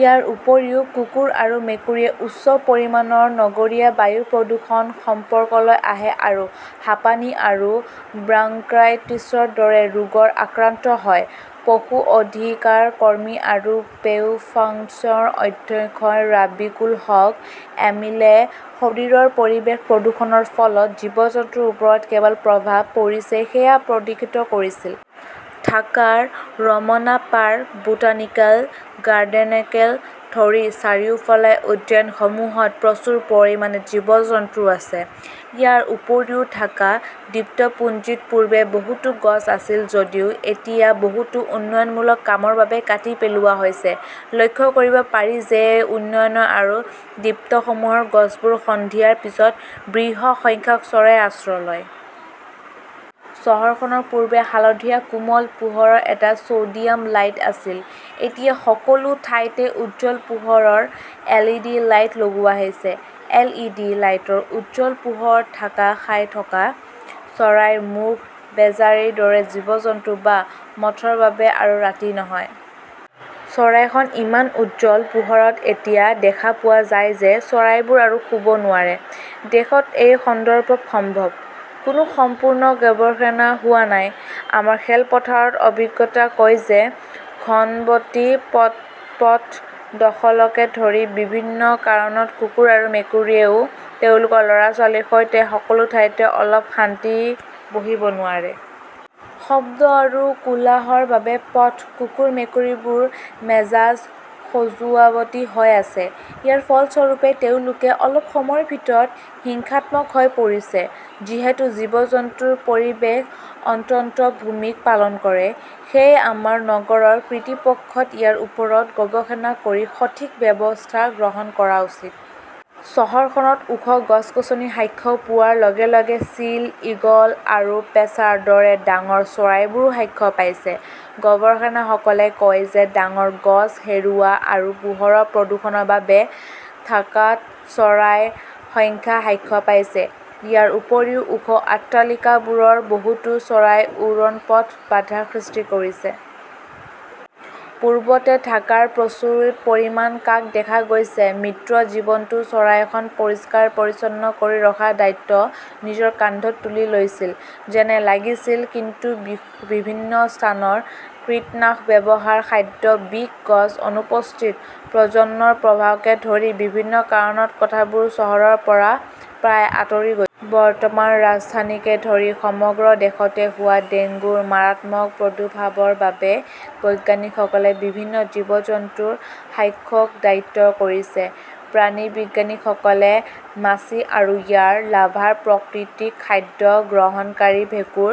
ইয়াৰ উপৰিও কুকুৰ আৰু মেকুৰীয়ে উচ্চ পৰিমাণৰ নগৰীয়া বায়ু প্ৰদূষণৰ সংস্পৰ্শলৈ আহে আৰু হাঁপানি আৰু ব্ৰংকাইটিছৰ দৰে ৰোগত আক্ৰান্ত হয়। পশু অধিকাৰ কৰ্মী আৰু পে ফাউণ্ডেশ্যনৰ অধ্যক্ষ ৰাকিবুল হক এমিলে শৰীৰৰ পৰিৱেশ প্ৰদূষণৰ ফলত জীৱ-জন্তুৰ ওপৰত কেনেদৰে প্ৰভাৱ পৰিছে সেয়া পদিশিত কৰিছিল। "ঢাকাত ৰমনা পাৰ্ক, বোটানিকেল গাৰ্ডেনিকেল ধৰি চাৰিওফালৰ উদ্যানসমূহত প্ৰচুৰ পৰিমাণে জীৱ-জন্তু আছে। ইয়াৰ উপৰিও ঢাকা দ্বীপতপুঞ্জত পূৰ্বতে বহুতো গছ আছিল, যদিও এতিয়া বহুতো উন্নয়নমূলক কামৰ বাবে কাটি পেলোৱা হৈছে। লক্ষ্য কৰিব পাৰি যে এই উন্নয়ন আৰু দ্বীপতসমূহৰ গছবোৰত সন্ধিয়াৰ পিছত বৃহৎ সংখ্যক চৰাইয়ে আশ্ৰয় লয়। চহৰখনত পূৰ্বতে হালধীয়া কোমল পোহৰৰ এটা চ 'ডিয়াম লাইট আছিল। এতিয়া সকলো ঠাইতে উজ্জ্বল পোহৰৰ এলইডি লাইট লগোৱা হৈছে। এল. ই. ডি. লাইটৰ উজ্জ্বল পোহৰত ঢাক খাই থকা চৰাই, মূৰ্খ, বেজীৰ দৰে জীৱ-জন্তু বা মথৰ বাবে আৰু ৰাতি নহয়। চৰাইখন ইমান উজ্জ্বল পোহৰত এতিয়া দেখা পোৱা যায় যে চৰাইবোৰে আৰু শুব নোৱাৰে। দেশত এই সন্দৰ্ভত সম্ভৱতঃ কোনো সম্পূৰ্ণ গৱেষণা হোৱা নাই। আমাৰ খেলপথাৰৰ অভিজ্ঞতাই কয় যে ঘনবসতি, পদপথ দখলকে ধৰি বিভিন্ন কাৰণত কুকুৰ আৰু মেকুৰীবোৰেও তেওঁলোকৰ ল "ৰা-ছোৱালীৰ সৈতে সকলো ঠাইতে অলপ শান্তিত বহিব নোৱাৰে। শব্দ আৰু কোলাহলৰ বাবে পথৰ কুকুৰ-মেকুৰীবোৰ মেজাজ খজুৱতি হৈ আছে। ইয়াৰ ফলস্বৰূপে, তেওঁলোকে অলপ সময়ৰ ভিতৰতে হিংসাত্মক হৈ পৰিছে। যিহেতু জীৱ-জন্তুবোৰে পৰিৱেশ তন্ত্ৰত ভূমিকা পালন কৰে, সেয়েহে আমাৰ নগৰ কৰ্তৃপক্ষই ইয়াৰ ওপৰত গৱেষণা কৰি সঠিক ব্যৱস্থা গ্ৰহণ কৰা উচিত। চহৰখনত ওখ গছ-গছনি হাশ্য পোৱাৰ লগে লগে চিল, ঈগল আৰু পেঁচাৰ দৰে ডাঙৰ চৰাইবোৰো হাশ্য পাইছে। গৱেষকসকলে কয় যে ডাঙৰ গছ হেৰুওৱা আৰু পোহৰৰ প্ৰদূষণৰ বাবে ঢাকাত চৰাইৰ সংখ্যা হাশ্য পাইছে। ইয়াৰ উপৰিও, ওখ অট্টালিকাবোৰে বহুতো চৰাইৰ উৰণপথত বাধাৰ সৃষ্টি কৰিছে। পূৰ্বতে ঢাকাত প্ৰচুৰ পৰিমাণে কাক দেখা গৈছিল। মৃত জীৱনটো চহৰখনক পৰিষ্কাৰ-পৰিচ্ছন্ন কৰি ৰখাৰ দায়িত্ব নিজৰ কান্ধত তুলি লৈছিল যেন লাগিছিল। কিন্তু বিভিন্ন স্থানত কীটনাশকৰ ব্যৱহাৰ, খাদ্যত বিষ, গছৰ অনুপস্থিতি, প্ৰজননৰ প্ৰভাৱকে ধৰি বিভিন্ন কাৰণত কাকবোৰ চহৰৰ পৰা প্ৰায় আঁতৰি গৈছে। বৰ্তমান ৰাজধানীকে ধৰি সমগ্ৰ দেশতে হোৱা ডেংগুৰ মাৰাত্মক প্ৰদুৰ্ভাৱৰ বাবে বিজ্ঞানীসকলে বিভিন্ন জীৱ-জন্তুৰ হাশ্যক দায়ী কৰিছে। প্ৰাণীবিজ্ঞানীসকলে মাছি আৰু ইয়াৰ লাৰ্ভাৰ প্ৰকৃতিক খাদ্য গ্ৰহণকাৰী ভেঁকুৰ,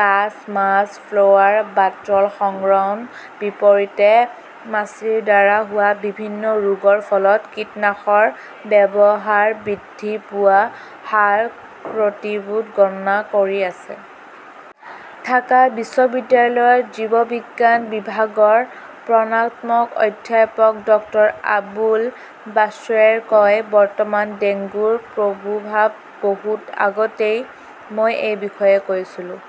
কাছ, মাছ, ফ্লয়াৰ, বাটল সংৰক্ষণৰ বিপৰীতে মাছিৰ দ্বাৰা হোৱা বিভিন্ন ৰোগৰ ফলত কীটনাশৰ ব্যৱহাৰ বৃদ্ধি পোৱাৰ হাৰ ত্ৰুটিবোৰ গণনা কৰি আছে। ঢাকা বিশ্ববিদ্যালয়ৰ জীৱবিজ্ঞান বিভাগৰ প্ৰনামক অধ্যাপক ডাঃ আবুল বাশ্বৰে কয়, "বৰ্তমান ডেংগুৰ প্ৰাদুৰ্ভাৱৰ বহু আগতেই মই এই বিষয়ে কৈছিলো।